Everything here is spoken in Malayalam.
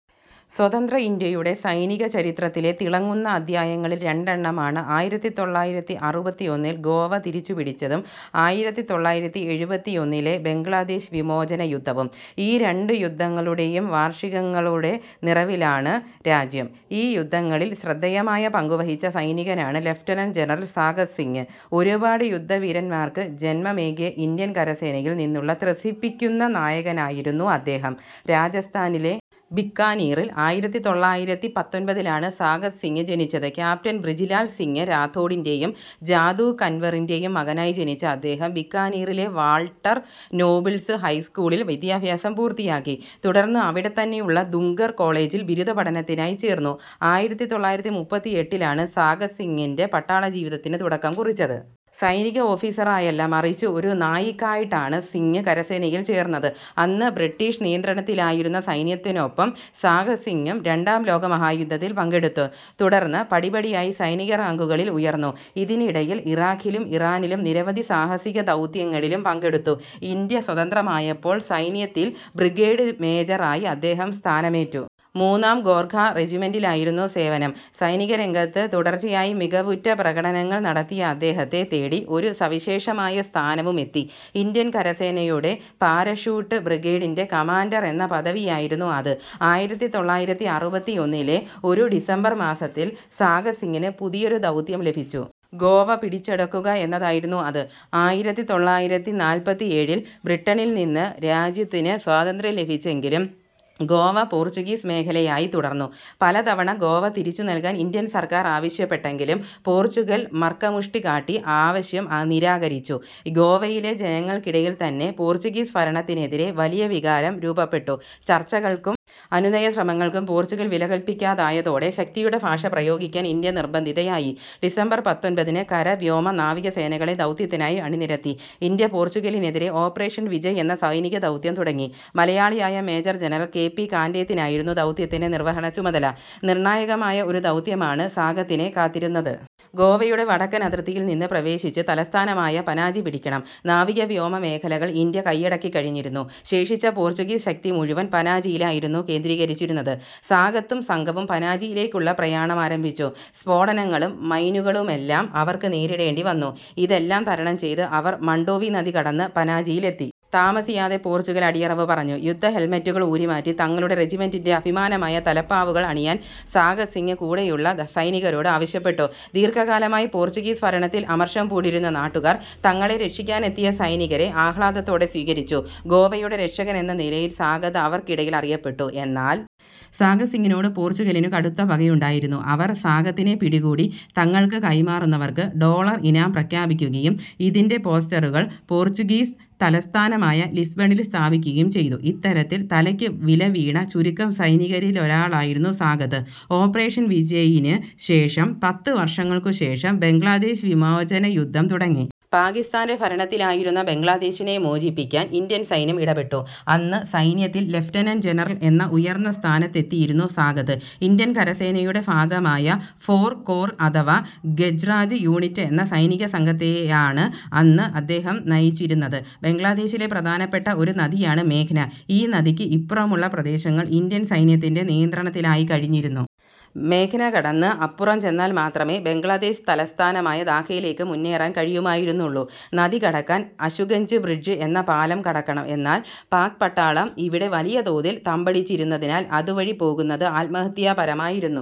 സ്വതന്ത്ര ഇന്ത്യയുടെ സൈനിക ചരിത്രത്തിലെ തിളങ്ങുന്ന അധ്യായങ്ങളിൽ രണ്ടെണ്ണമാണ് ആയിരത്തി തൊള്ളായിരത്തി അറുപത്തിയൊന്നിൽ ഗോവ തിരിച്ചുപിടിച്ചതും ആയിരത്തി തൊള്ളായിരത്തി എഴുപത്തിയൊന്നിലെ ബംഗ്ലാദേശ് വിമോചനയുദ്ധവും. ഈ രണ്ടു യുദ്ധങ്ങളുടെയും വാർഷികങ്ങളുടെ നിറവിലാണ് രാജ്യം. ഈ യുദ്ധങ്ങളിൽ ശ്രദ്ധേയമായ പങ്കുവഹിച്ച സൈനികനാണ് ലഫ്റ്റനന്റ് ജനറൽ സാഗത് സിങ്. ഒരുപാട് യുദ്ധവീരന്മാർക്ക് ജന്മമേകിയ ഇന്ത്യൻ കരസേനയിൽ നിന്നുള്ള ത്രസിപ്പിക്കുന്ന നായകനായിരുന്നു അദ്ദേഹം. രാജസ്ഥാനിലെ ബിക്കാനീറിൽ ആയിരത്തി തൊള്ളായിരത്തി പത്തൊൻപതിലാണ് സാഗത് സിങ് ജനിച്ചത്. ക്യാപ്റ്റൻ ബ്രിജിലാൽ സിങ് രാത്തോഡിന്റെയും ജാദൂ കൻവറിന്റെയും മകനായി ജനിച്ച അദ്ദേഹം ബിക്കാനീറിലെ വാൾട്ടർ നോബിൾസ് ഹൈസ്കൂളിൽ വിദ്യാഭ്യാസം പൂർത്തിയാക്കി. തുടർന്ന് അവിടെത്തന്നെയുള്ള ദുംഗർ കോളേജിൽ ബിരുദപഠനത്തിനായി ചേർന്നു. ആയിരത്തി തൊള്ളായിരത്തി മുപ്പത്തിയെട്ടിലാണ് സാഗത് സിങ്ങിന്റെ പട്ടാളജീവിതത്തിന് തുടക്കം കുറിച്ചത്. സൈനിക ഓഫീസറായല്ല മറിച്ച് ഒരു നായിക്കായിട്ടാണ് സിങ് കരസേനയിൽ ചേർന്നത്. അന്ന് ബ്രിട്ടീഷ് നിയന്ത്രണത്തിലായിരുന്ന സൈന്യത്തിനൊപ്പം സാഗത് സിങ്ങും രണ്ടാം ലോകമഹായുദ്ധത്തിൽ പങ്കെടുത്തു. തുടർന്ന് പടിപടിയായി സൈനിക റാങ്കുകളിൽ ഉയർന്നു. ഇതിനിടയിൽ ഇറാഖിലും ഇറാനിലും നിരവധി സാഹസിക ദൗത്യങ്ങളിലും പങ്കെടുത്തു. ഇന്ത്യ സ്വതന്ത്രമായപ്പോൾ സൈന്യത്തിൽ ബ്രിഗേഡ് മേജറായി അദ്ദേഹം സ്ഥാനമേറ്റു. മൂന്നാം ഗോർഖ റെജിമെന്റിലായിരുന്നു സേവനം. സൈനികരംഗത്ത് തുടർച്ചയായി മികവുറ്റ പ്രകടനങ്ങൾ നടത്തിയ അദ്ദേഹത്തെ തേടി ഒരു സവിശേഷമായ സ്ഥാനവും എത്തി. ഇന്ത്യൻ കരസേനയുടെ പാരഷൂട്ട് ബ്രിഗേഡിന്റെ കമാൻഡർ എന്ന പദവിയായിരുന്നു അത്. ആയിരത്തി തൊള്ളായിരത്തി അറുപത്തിയൊന്നിലെ ഒരു ഡിസംബർ മാസത്തിൽ സാഗത് സിങ്ങിന് പുതിയൊരു ദൗത്യം ലഭിച്ചു. ഗോവ പിടിച്ചടക്കുക എന്നതായിരുന്നു അത്. ആയിരത്തി തൊള്ളായിരത്തി നാല്പത്തിയേഴിൽ ബ്രിട്ടനിൽ നിന്ന് രാജ്യത്തിന് സ്വാതന്ത്ര്യം ലഭിച്ചെങ്കിലും ഗോവ പോർച്ചുഗീസ് മേഖലയായി തുടർന്നു. പലതവണ ഗോവ തിരിച്ചുനൽകാൻ ഇന്ത്യൻ സർക്കാർ ആവശ്യപ്പെട്ടെങ്കിലും പോർച്ചുഗൽ മർക്കടമുഷ്ടി കാട്ടി ആവശ്യം നിരാകരിച്ചു. ഗോവയിലെ ജനങ്ങൾക്കിടയിൽ തന്നെ പോർച്ചുഗീസ് ഭരണത്തിനെതിരെ വലിയ വികാരം രൂപപ്പെട്ടു. ചർച്ചകൾക്കും അനുനയശ്രമങ്ങൾക്കും പോർച്ചുഗൽ വിലകൽപിക്കാതായതോടെ ശക്തിയുടെ ഭാഷ പ്രയോഗിക്കാൻ ഇന്ത്യ നിർബന്ധിതയായി. ഡിസംബർ പത്തൊൻപതിന് കര, വ്യോമ, നാവിക സേനകളെ ദൗത്യത്തിനായി അണിനിരത്തി ഇന്ത്യ പോർച്ചുഗലിനെതിരെ ഓപ്പറേഷൻ വിജയ് എന്ന സൈനികദൗത്യം തുടങ്ങി. മലയാളിയായ മേജർ ജനറൽ കെ. പി. കാൻഡേത്തിനായിരുന്നു ദൗത്യത്തിന്റെ നിർവഹണചുമതല. നിർണായകമായ ഒരു ദൗത്യമാണ് സാഗത്തിനെ കാത്തിരുന്നത്. ഗോവയുടെ വടക്കൻ അതിർത്തിയിൽ നിന്ന് പ്രവേശിച്ച് തലസ്ഥാനമായ പനാജി പിടിക്കണം. നാവിക, വ്യോമ മേഖലകൾ ഇന്ത്യ കൈയടക്കിക്കഴിഞ്ഞിരുന്നു. ശേഷിച്ച പോർച്ചുഗീസ് ശക്തി മുഴുവൻ പനാജിയിലായിരുന്നു കേന്ദ്രീകരിച്ചിരുന്നത്. സാഗത്തും സംഘവും പനാജിയിലേക്കുള്ള പ്രയാണം ആരംഭിച്ചു. സ്ഫോടനങ്ങളും മൈനുകളുമെല്ലാം അവർക്ക് നേരിടേണ്ടിവന്നു. ഇതെല്ലാം തരണം ചെയ്ത് അവർ മണ്ഡോവി നദി കടന്ന് പനാജിയിലെത്തി. താമസിയാതെ പോർച്ചുഗൽ അടിയറവ് പറഞ്ഞു. യുദ്ധ ഹെൽമെറ്റുകൾ ഊരിമാറ്റി തങ്ങളുടെ റെജിമെന്റിന്റെ അഭിമാനമായ തലപ്പാവുകൾ അണിയാൻ സാഗത് സിങ് കൂടെയുള്ള സൈനികരോട് ആവശ്യപ്പെട്ടു. ദീർഘകാലമായി പോർച്ചുഗീസ് ഭരണത്തിൽ അമർഷം പൂണ്ടിരുന്ന നാട്ടുകാർ തങ്ങളെ രക്ഷിക്കാനെത്തിയ സൈനികരെ ആഹ്ലാദത്തോടെ സ്വീകരിച്ചു. ഗോവയുടെ രക്ഷകൻ എന്ന നിലയിൽ സാഗത് അവർക്കിടയിൽ അറിയപ്പെട്ടു. എന്നാൽ സാഗത് സിങ്ങിനോട് പോർച്ചുഗലിന് കടുത്ത പകയുണ്ടായിരുന്നു. അവർ സാഗത്തിനെ പിടികൂടി തങ്ങൾക്ക് കൈമാറുന്നവർക്ക് ഡോളർ ഇനാം പ്രഖ്യാപിക്കുകയും ഇതിന്റെ പോസ്റ്ററുകൾ പോർച്ചുഗീസ് തലസ്ഥാനമായ ലിസ്ബണിൽ സ്ഥാപിക്കുകയും ചെയ്തു. ഇത്തരത്തിൽ തലയ്ക്ക് വില വീണ ചുരുക്കം സൈനികരിലൊരാളായിരുന്നു സാഗത്. ഓപ്പറേഷൻ വിജയിന് ശേഷം പത്ത് വർഷങ്ങൾക്കു ശേഷം ബംഗ്ലാദേശ് വിമോചനയുദ്ധം തുടങ്ങി. പാക്കിസ്ഥാന്റെ ഭരണത്തിലായിരുന്ന ബംഗ്ലാദേശിനെ മോചിപ്പിക്കാൻ ഇന്ത്യൻ സൈന്യം ഇടപെട്ടു. അന്ന് സൈന്യത്തിൽ ലഫ്റ്റനന്റ് ജനറൽ എന്ന ഉയർന്ന സ്ഥാനത്തെത്തിയിരുന്നു സാഗത്. ഇന്ത്യൻ കരസേനയുടെ ഭാഗമായ ഫോർ കോർ അഥവാ ഗജ്രാജ് യൂണിറ്റ് എന്ന സൈനികസംഘത്തെയാണ് അന്ന് അദ്ദേഹം നയിച്ചിരുന്നത്. ബംഗ്ലാദേശിലെ പ്രധാനപ്പെട്ട ഒരു നദിയാണ് മേഘ്ന. ഈ നദിക്ക് ഇപ്പുറമുള്ള പ്രദേശങ്ങൾ ഇന്ത്യൻ സൈന്യത്തിന്റെ നിയന്ത്രണത്തിലായിക്കഴിഞ്ഞിരുന്നു. മേഘ്ന കടന്ന് അപ്പുറം ചെന്നാൽ മാത്രമേ ബംഗ്ലാദേശ് തലസ്ഥാനമായ ധാക്കയിലേക്ക് മുന്നേറാൻ കഴിയുമായിരുന്നുള്ളൂ. നദി കടക്കാൻ അശുഗഞ്ച് ബ്രിഡ്ജ് എന്ന പാലം കടക്കണം. എന്നാൽ പാക് പട്ടാളം ഇവിടെ വലിയ തോതിൽ തമ്പടിച്ചിരുന്നതിനാൽ അതുവഴി പോകുന്നത് ആത്മഹത്യാപരമായിരുന്നു.